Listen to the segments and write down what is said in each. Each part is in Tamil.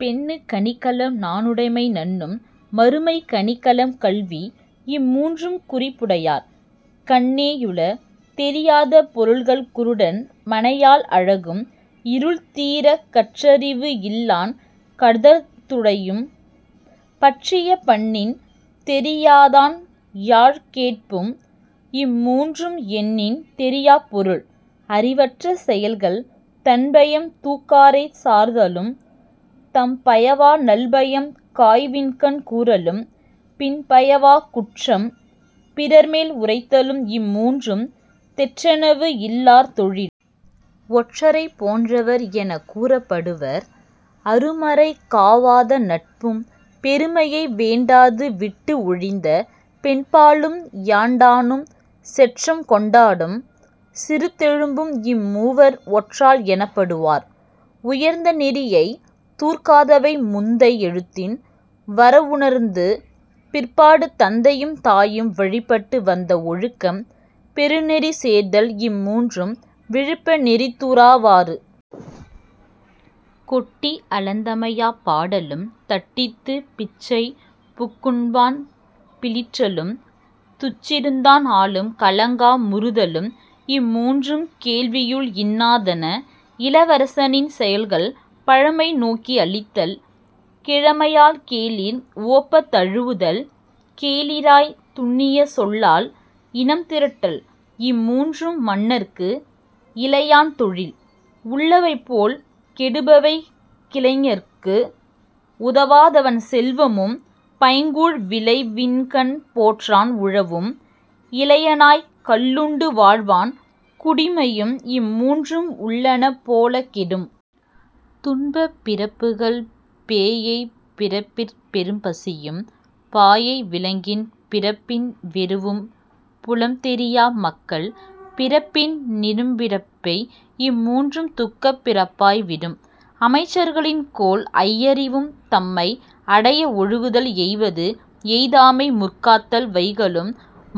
பெண்ணுக் கணிகலம் நாணுடைமை நண்ணும் மறுமைக் கணிகலம் கல்வி இம்மூன்றும் குறியுடையார் கண்ணே யுள.. தெரியாத பொருள்கள் குருடன் மனையாள் அழகும் இருள்தீரக் கற்றறிவு இல்லான் கதழ்ந்துரையும் பற்றிய பண்ணின் தெரியாதான் யாழ்கேட்பும் இம்மூன்றும் எண்ணின் தெரியாப் பொருள்.. அறிவற்ற செயல்கள் தன்பயம் தூக்காரைச் சார்தலும் தாம்பயவா நல்பயம் காய்வின்கண் கூறலும் பின்பயவாக் குற்றம் பிறர்மேல் உரைத்தலும் இம்மூன்றும் தெற்றெனவு இல்லார் தொழில்.. ஒற்றரைப் போன்றவர் எனக் கூறப்படுவர் அருமறை காவாத நட்பும் பெருமையை வேண்டாது விட்டுஒழிந்த பெண்பாலும் யாண்டானும் செற்றம்கொண் டாடும் சிறுதொழும்பும் இம்மூவர் ஒற்றாள் எனப்படு வார்.. உயர்ந்த நெறியைத் தூர்க்காதவை முந்தை எழுத்தின் வரவுணர்ந்து பிற்பாடு தந்தையும் தாயும் வழிபட்டு வந்த ஒழுக்கம் பெருநெறி சேர்தல் இம்மூன்றும் விழுப்ப நெறிதூரா வாறு. கொட்டி அளந்தமையாப் பாடலும் தட்டித்துப் பிச்சைபுக் குண்பான் பிளிற்றலும் துச்சிருந்தான் ஆளும் கலங்கா முறுதலும் இம்மூன்றும் கேள்வியுள் இன்னா தன.. இளவரசனின் செயல்கள் பழமையை நோக்கி அளித்தல் கிழமையால் கேளிர் உவப்பத் தழுவுதல் கேளிராய்த் துன்னிய சொல்லால் இனம்திரட்டல் இம்மூன்றும் மன்னற்கு இளையான் தொழில்.. உள்ளவை போல் கெடுபவை கிளைஞர்க்கு உதவாதவன் செல்வமும் பைங்கூழ் விளைவின்கண் போற்றான் உழவும் இளையனாய்க் கள்ளுண்டு வாழ்வான் குடிமையும் இம்மூன்றும் உள்ளன போலக் கெடும்.. துன்பப் பிறப்புகள் பேஎய்ப் பிறப்பிற் பெரும்பசியும் பாஅய் விலங்கின் பிறப்பின் வெருவும் புலம்தெரியா மக்கள் பிறப்பின் நிரப்பிடும்பை இம்மூன்றும் துக்கப் பிறப்பாய் விடும்.. அமைச்சர்களின் கோள் ஐயறிவும் தம்மை அடைய ஒழுகுதல் எய்துவது எய்தாமை முற்காத்தல் வைகலும்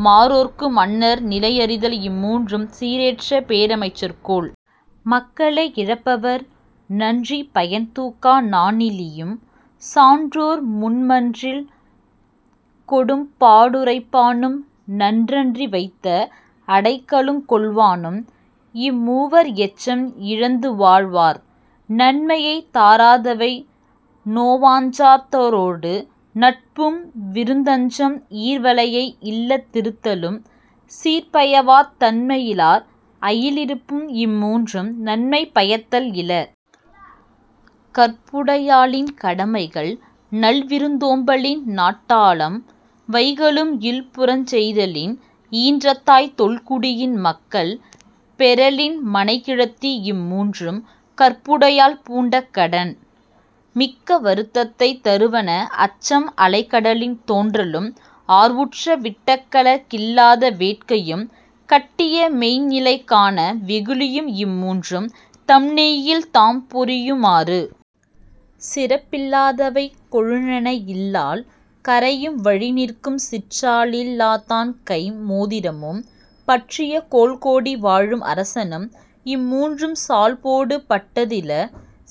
மாறேற்கும் மன்னர் நிலைஅறிதல் இம்மூவர் சீரேற்ற பேரமைச்சர் கோள்.. மக்களை இழப்பவர் நன்றிப் பயன்தூக்கா நாணிலியும் சான்றோர்முன் மன்றில் கொடும்பா டுரைப்பானும் நன்றின்றி வைத்த அடைக்கலங் கொள்வானும் இம்மூவர் எச்சம் இழந்துவாழ் வார்.. நன்மையைத் தாராதவை நோவஞ்சா தாரொடு நட்பும் விருந்தஞ்சும் ஈர்வளையை இல்லத் திருத்தலும் சீர்பயவாத் தன்மையி லாளர் அயலிருப்பும் இம்மூன்றும் நன்மை பயத்தல் இல.. கற்புடையாளின் கடமைகள் நல்விருந் தோம்பலின் நட்டாளாம் வைகலும் இல்புறஞ் செய்தலின் ஈன்றதாய் தொல்குடியின் மக்கள் பெறலின் மனைக்கிழத்தி இம்மூன்றும் கற்புடையாள் பூண்ட கடன்.. மிக்க வருத்தத்தைத் தருவன அச்சம் அலைகடலின் தோன்றலும் ஆர்வுற்ற விட்டகல கில்லாத வேட்கையும் கட்டிய மெய்ந்நிலை காணா வெகுளியும் இம்மூன்றும் தம்நெய்யில் தாம்பொரியு மாறு.. சிறப்பில்லாதவை கொழுநனை இல்லாள் கறையும் வழிநிற்கும் சிற்றாளில் லாதான்கைம் மோதிரமும் பற்றிய கோல்கோடி வாழும் அரசனும் இம்மூன்றும் சால்போடு பட்டது இல..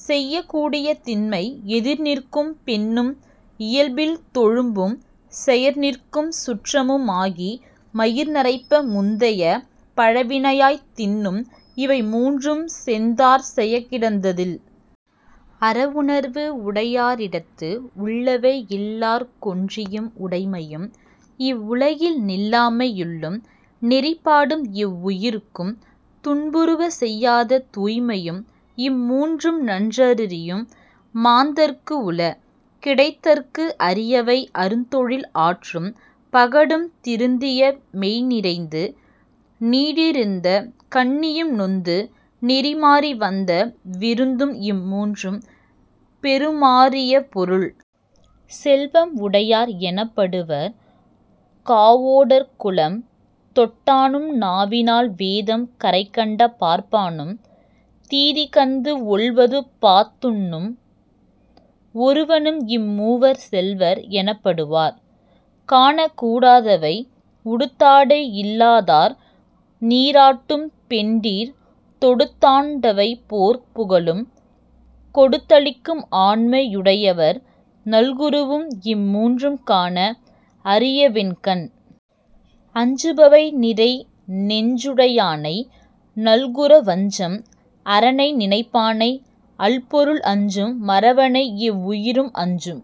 செய்யக்கூடிய திண்மை எதிர்நிற்கும் பெண்ணும் இயல்பில் தொழும்பும் செயிர்நிற்கும் சுற்றமும் ஆகி மயிர்நரைப்ப முந்தை பழவினையாய்த் தின்னும் இவைமூன்றும் நொந்தார் செயக்கிடந்தது இல்.. அறவுணர்வு உடையாரிடத்து உள்ளவை இல்லார்க்கொன் றீயும் உடைமையும் இவ்வுலகில் நில்லாமை யுள்ளும் நெறிப்பாடும் எவ்வுயிர்க்கும் துன்புறுவ செய்யாத தூய்மையும் இம்மூன்றும் நன்றறியும் மாந்தர்க்கு உள.. கிடைத்தற்கு அரியவை அருந்தொழில் ஆற்றும் பகடும் திருந்திய மெய்ந்நிறைந்து நீடிருந்த கன்னியும் நொந்து நெறிமாறி வந்த விருந்தும் இம்மூன்றும் பெறுமா றரிய பொருள்.. செல்வம் உடையார் எனப்படுவர் காவோ டறக்குளம் தொட்டானும் நாவினால் வேதம் கரைகண்ட பார்ப்பானும் தீதிகந்து ஒல்வதுபாத் துண்ணும் ஒருவனும் இம்மூவர் செல்வர் எனப்படு வார்.. காணக் கூடாதவை உடுத்தாடை இல்லாதார் நீராட்டும் பெண்டிர் தொடுத்தாண் டவைப்போர் புகலும் கொடுத்தளிக்கும் ஆண்மை யுடையவர் நல்குரவும் இம்மூன்றும் காண அரியவென் கண்.. அஞ்சுபவை நிறைநெஞ் சுடையானை நல்குர வஞ்சும் அறனை நினைப்பானை அல்பொருள் அஞ்சும் மறவனை எவ்வுயிரும் அஞ்சும்